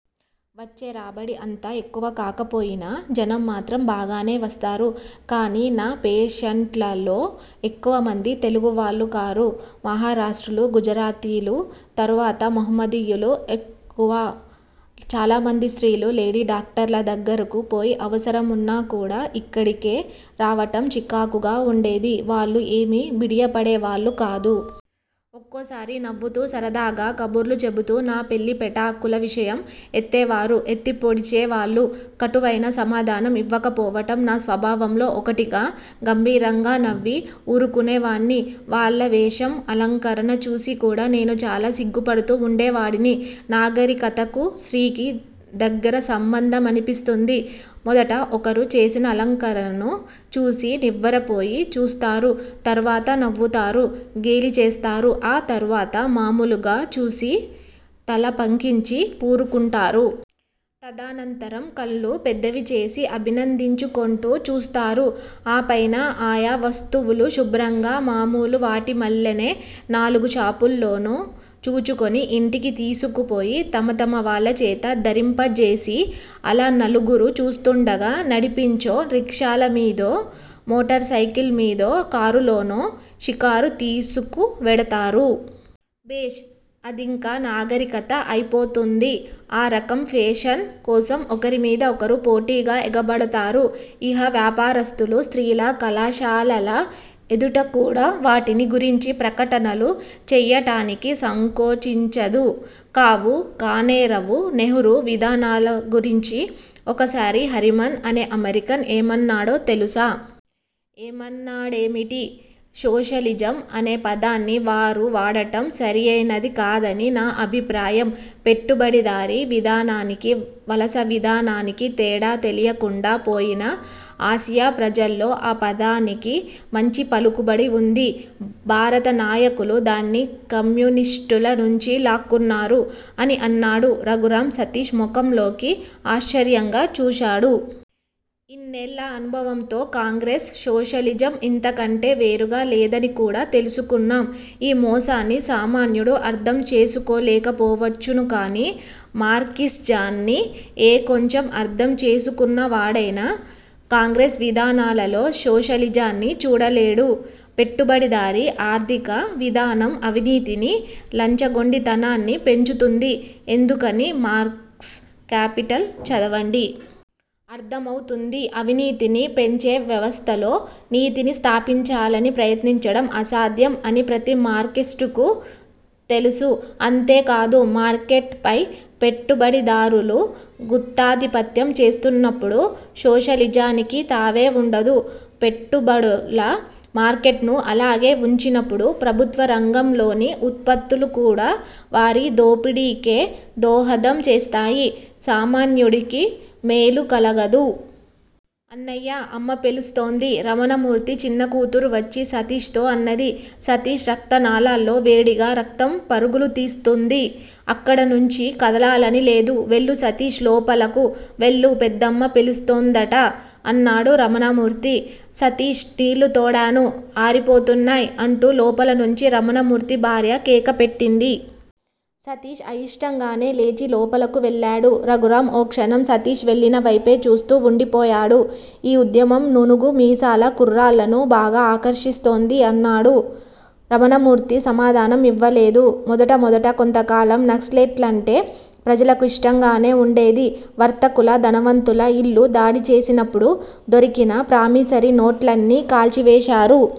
వచ్చే రాబడి అంత ఎక్కువ కాకపోయినా జనం మాత్రం బాగానే వస్తారు. కాని నా పేషెంట్లలో ఎక్కువమంది తెలుగు వాళ్ళు కారు. మహారాష్ట్రులు, గుజరాతీలూ, తరువాత మహమ్మదీయులూ యెక్కువ. చాలామంది స్త్రీలు లేడీడాక్టర్ల దగ్గరకు పోయె అవసరమున్నా కూడా యిక్కడికే రావటం చికాకుగా వుండేది. వాళ్ళు ఏమీ బిడియపడేవాళ్ళు కాదు. ఒక్కోసారి నవ్వుతూ సరదాగా కబుర్లు చెబుతూ, నా పెళ్ళిపెటాకుల విషయం ఎత్తేవారు, ఎత్తిపొడిచేవాళ్ళు కటువైన సమాధానం యివ్వకపోవటం నా స్వభావంలో ఒకటిగా! గంభీరంగా నవ్వి ఊరుకునేవాడ్ని. వాళ్ళ వేషం, అలంకరణ చూసికూడా నేను చాలా సిగ్గుపడుతూ వుండేవాడిని. నాగరికతకూ స్త్రీకి దగ్గర సంబంధమనిపిస్తుంది. మొదట ఒకరు చేసిన అలంకరణను చూసి నివ్వెరపోయి చూస్తారు తరువాత నవ్వుతారు, గేలిచేస్తారు, ఆ తఃరువాత మామూలుగా చూసి తలపంకించి వూరుకుంటారు. తదనంతరం కళ్ళు పెద్దవి చేసి అభినందించుకొంటూ చూస్తారు! ఆ పైన ఆ యా వస్తువులు శుభ్రంగా మామూలు వాటిమల్లేనే నాలుగు షాపుల్లోనూ చూచుకొని యింటికి తీసుకుపోయి తమ తమ వాళ్ళచేత ధరింపజేసి, అలా నలుగురూ చూస్తుండగా నడిపించో, రిక్షాలమీదో, మోటార్ సైకిల్ మీదో, కారులోనో షికారు తీసుకువెడతారు! భేష్! అదింక నాగరికత అయిపోతుంది. ఆ రకం ఫేషన్ కోసం ఒకరిమీద ఒకరు పోటీగా ఎగబడతారు. ఇహ వ్యాపారస్థులు, స్త్రీల కళాశాలల ఎదుటకూడా వాటిని గురించి ప్రకటనలు చేయటానికి సంకోచించదు. కావు! కానేరవు! నెహ్రూ విధానాల గురించి ఒకసారి హరిమన్ అనే అమెరికన్ ఏమన్నాడో తెలుసా? ఏమన్నాడేమిటి? సోషలిజం అనే పదాన్ని వారు వాడటం సరయినదికాదని నా అభిప్రాయం. పెట్టుబడిదారీ విధానానికీ వలస విధానానికీ తేడా తెలియకుండా పోయిన ఆసియా ప్రజల్లో ఆ పదానికి మంచి పలుకుబడి వుంది. భారత నాయకులు దాన్ని కమ్యూనిస్టులనుంచి లాక్కున్నారు అని అన్నాడు. రఘురాం సతీష్ ముఖంలోకి ఆశ్చర్యంగా చూశాడు. ఇన్నేళ్ళ అనుభవంతో కాంగ్రెస్ సోషలిజం ఇంతకంటే వేరుగా లేదనికూడా తెలుసుకున్నాం! ఈ మోసాన్ని సామాన్యుడు అర్థం చేసుకోలేకపోవచ్చును. కాని మార్క్సిజాన్ని ఏ కొంచెం అర్థం చేసుకున్నవాడైనా కాంగ్రెస్ విధానాలలో సోషలిజాన్ని చూడలేడు. పెట్టుబడిదారీ ఆర్ధిక విధానం అవినీతినీ, లంచగొండితనాన్నీ పెంచుతుంది. ఎందుకని? మార్క్స్ కాపిటల్ చదవండి! అర్థం అవుతుంది. అవినీతిని పెంచేవ్యవస్థలో, నీతిని స్థాపించాలని ప్రయత్నించడం అసాధ్యం అని ప్రతి మార్క్సుస్టుకూ తెలుసు! అంతేకాదు. మార్కెట్ పై పెట్టుబడిదారులు గుత్తాధిపత్యం చేస్తున్నప్పుడు సోషలిజానికి తావే వుండదు. పెట్టుబడుల మార్కెట్ ను అలాగే వుంచినప్పుడు, ప్రభుత్వరంగంలోని ఉత్పత్తులుకూడా వారి దోపిడీకే దోహదం చేస్తాయి. సామాన్యుడికి మేలు కలగదు. అన్నయ్యా! అమ్మ పిలుస్తోంది! రమణమూర్తి చిన్నకూతురు వచ్చి సతీష్ తో అన్నది. సతీష్ రక్తనాళాల్లో వేడిగా రక్తం పరుగులు తీస్తూంది. అక్కడనుంచి కదలాలని లేదు. వెళ్ళు సతీష్! లోపలకు వెళ్ళు! పెద్దమ్మ పిలుస్తోందట! అన్నాడు రమణమూర్తి. సతీష్! టీళ్ళు తోడాను! ఆరిపోతున్నాయ్! అంటూ లోపలనుంచి రమణమూర్తి భార్య కేకపెట్టింది. సతీష్ అయిష్టంగానే లేచి లోపలకు వెళ్ళాడు. రఘురాం ఓ క్షణం సతీష్ వెళ్లినవైపే చూస్తూ వుండిపోయాడు. ఈ ఉద్యమం నూనూగు మీసాల కుర్రాళ్ళను బాగా ఆకర్షిస్తోంది! అన్నాడు. రమణమూర్తి సమాధానం ఇవ్వలేదు. మొదట మొదట కొంతకాలం నక్సలైట్లంటే ప్రజలకు ఇష్టంగానే ఉండేది. వర్తకుల, ధనవంతుల ఇళ్ళు దాడిచేసినప్పుడు దొరికిన ప్రామిసరీనోట్లన్నీ కాల్చి వేశారు.